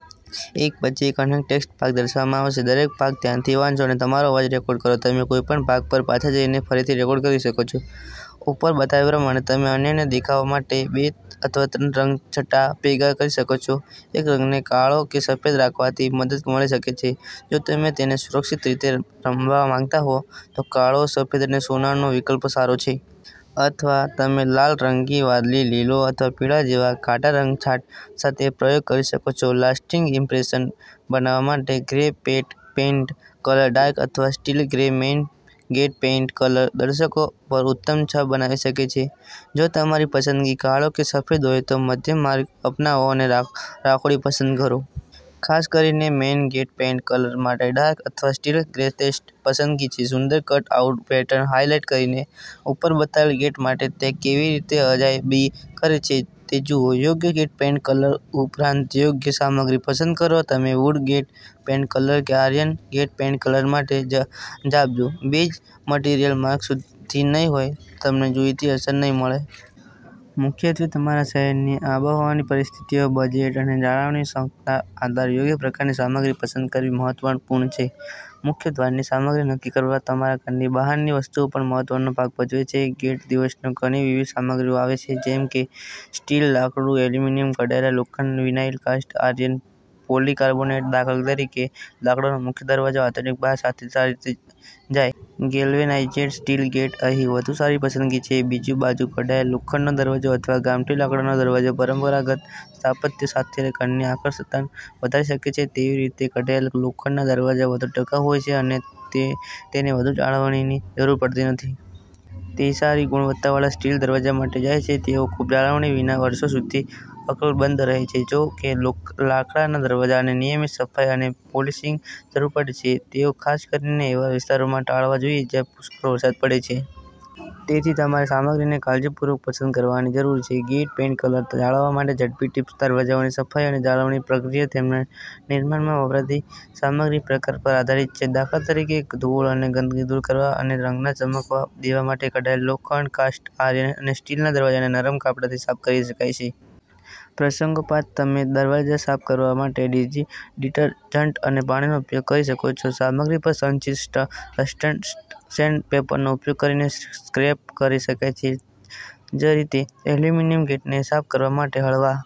ઉપર બતાવ્યા પ્રમાણે, તમે અનન્ય દેખાવ માટે બે અથવા ત્રણ રંગછટા ભેગા કરી શકો છો. એક રંગને કાળો કે સફેદ રાખવાથી મદદ મળી શકે છે. જો તમે તેને સુરક્ષિત રીતે રમવા માંગતા હો, તો કાળો, સફેદ અને સોનાનો વિકલ્પ સારો છે. અથવા તમે લાલનારંગી, વાદળી, લીલો અથવા પીળો જેવા ઘાટા રંગછટા સાથે પ્રયોગ કરી શકો છો. લાસ્ટિંગ ઇમ્પ્રેશન બનાવવા માટે grey gate paint colour dark અથવા steel grey main gate paint colour દર્શકો પર ઉત્તમ છાપ બનાવી શકે છે જો તમારી પસંદગી કાળો કે સફેદહોય તો મધ્યમ માર્ગ અપનાવો અને રાખોડી પસંદ કરો. ખાસ કરીને મેઈન ગેટ પેઈન્ટ કલર માટે ડાર્ક અથવા સ્ટીલ ગ્રેશ્રેષ્ઠ પસંદગી છે. સુંદર કટ-આઉટ પેટર્નને હાઇલાઇટ કરીને, ઉપર બતાવેલ ગેટ માટે તે કેવી રીતે અજાયબીઓ કરે છે તે જુઓ. યોગ્ય ગેટ પેઇન્ટ કલર ઉપરાંતયોગ્ય સામગ્રી પસંદ કરો તમે વૂડ ગેટ પેઈન્ટ કલર કે આયર્ન ગેટ પેઈન્ટ કલર માટે જાવજો બેઝ મટીરીયલ માર્ક સુધી નહીં હોય, તો તમને જોઈતી અસર નહીં મળે. મુખ્યત્વે તમારા શહેરની આબોહવાની પરિસ્થિતિઓ, બજેટ અને જાળવણી ક્ષમતાના આધારે યોગ્ય પ્રકારની સામગ્રી પસંદ કરવી મહત્વપૂર્ણ છે. મુખ્ય દ્વારની સામગ્રી નક્કી કરવામાં તમારા ઘરની બહારની વસ્તુઓ પણ મહત્વનો ભાગ ભજવે છે. ગેટ્સદિવસોમાં ઘણી વિવિધ સામગ્રીમાં આવે છે જેમ કેસ્ટીલ લાકડું એલ્યુમિનિયમ ઘડાયેલા લોખંડમાં વિનાઇલ કાસ્ટ આયર્ન પોલીકાર્બોનેટ દાખલા તરીકે, લાકડાનો મુખ્ય દરવાજો આધુનિક બાહ્ય સાથે સારી રીતેજાય. ગેલ્વેનાઈઝ્ડ સ્ટીલ ગેટ અહીં વધુ સારી પસંદગી છે. બીજી બાજુ, ઘડાયેલ લોખંડનો દરવાજો અથવા ગામઠી લાકડાનો દરવાજો, પરંપરાગત સ્થાપત્ય સાથેના ઘરની આકર્ષકતાને વધારી શકે છે. તેવીરીતે, ઘડાયેલા લોખંડના દરવાજા વધુ ટકાઉ હોય છે અને તેને વધુ જાળવણીની જરૂર પડતી નથી. તેસારી ગુણવત્તાવાળા સ્ટીલ દરવાજા માટે જાય છે. તેઓ ખૂબ જાળવણી વિના વર્ષો સુધી અકબંધ રહે છે. જો કે, લાકડાના દરવાજાને નિયમિત સફાઈ અને પોલિશિંગની જરૂર પડે છે. તેઓ ખાસ કરીને એવા વિસ્તારોમાં ટાળવા જોઈએ જ્યાં પુષ્કળ વરસાદ પડે છે. તેથી, તમારે સામગ્રીને કાળજીપૂર્વક પસંદ કરવાની જરૂર છે. ગેટ પેઇન્ટ કલર જાળવવા માટે ઝડપી ટીપ્સ દરવાજાઓની સફાઈ અને જાળવણી પ્રક્રિયાઓ તેમના નિર્માણમાં વપરાતી સામગ્રીના પ્રકાર પર આધારિત છે. દાખલા તરીકે, ધૂળ અને ગંદકીને દૂર કરવા અને રંગને ચમકવા દેવા માટે ઘડાયેલ લોખંડ, કાસ્ટ આયર્ન અને સ્ટીલના દરવાજાને નરમ કપડાથી સાફ કરી શકાય છે. પ્રસંગોપાત, તમેદરવાજા સાફ કરવા માટે ડીટરજન્ટ અને પાણીનો ઉપયોગ કરી શકો છો. સામગ્રી પર સંચિત રસ્ટને સેન્ડપેપરનો ઉપયોગ કરીને સ્ક્રેપ કરી શકાય છે. જ રીતે, એલ્યુમિનિયમ ગેટને સાફ કરવા માટે હળવા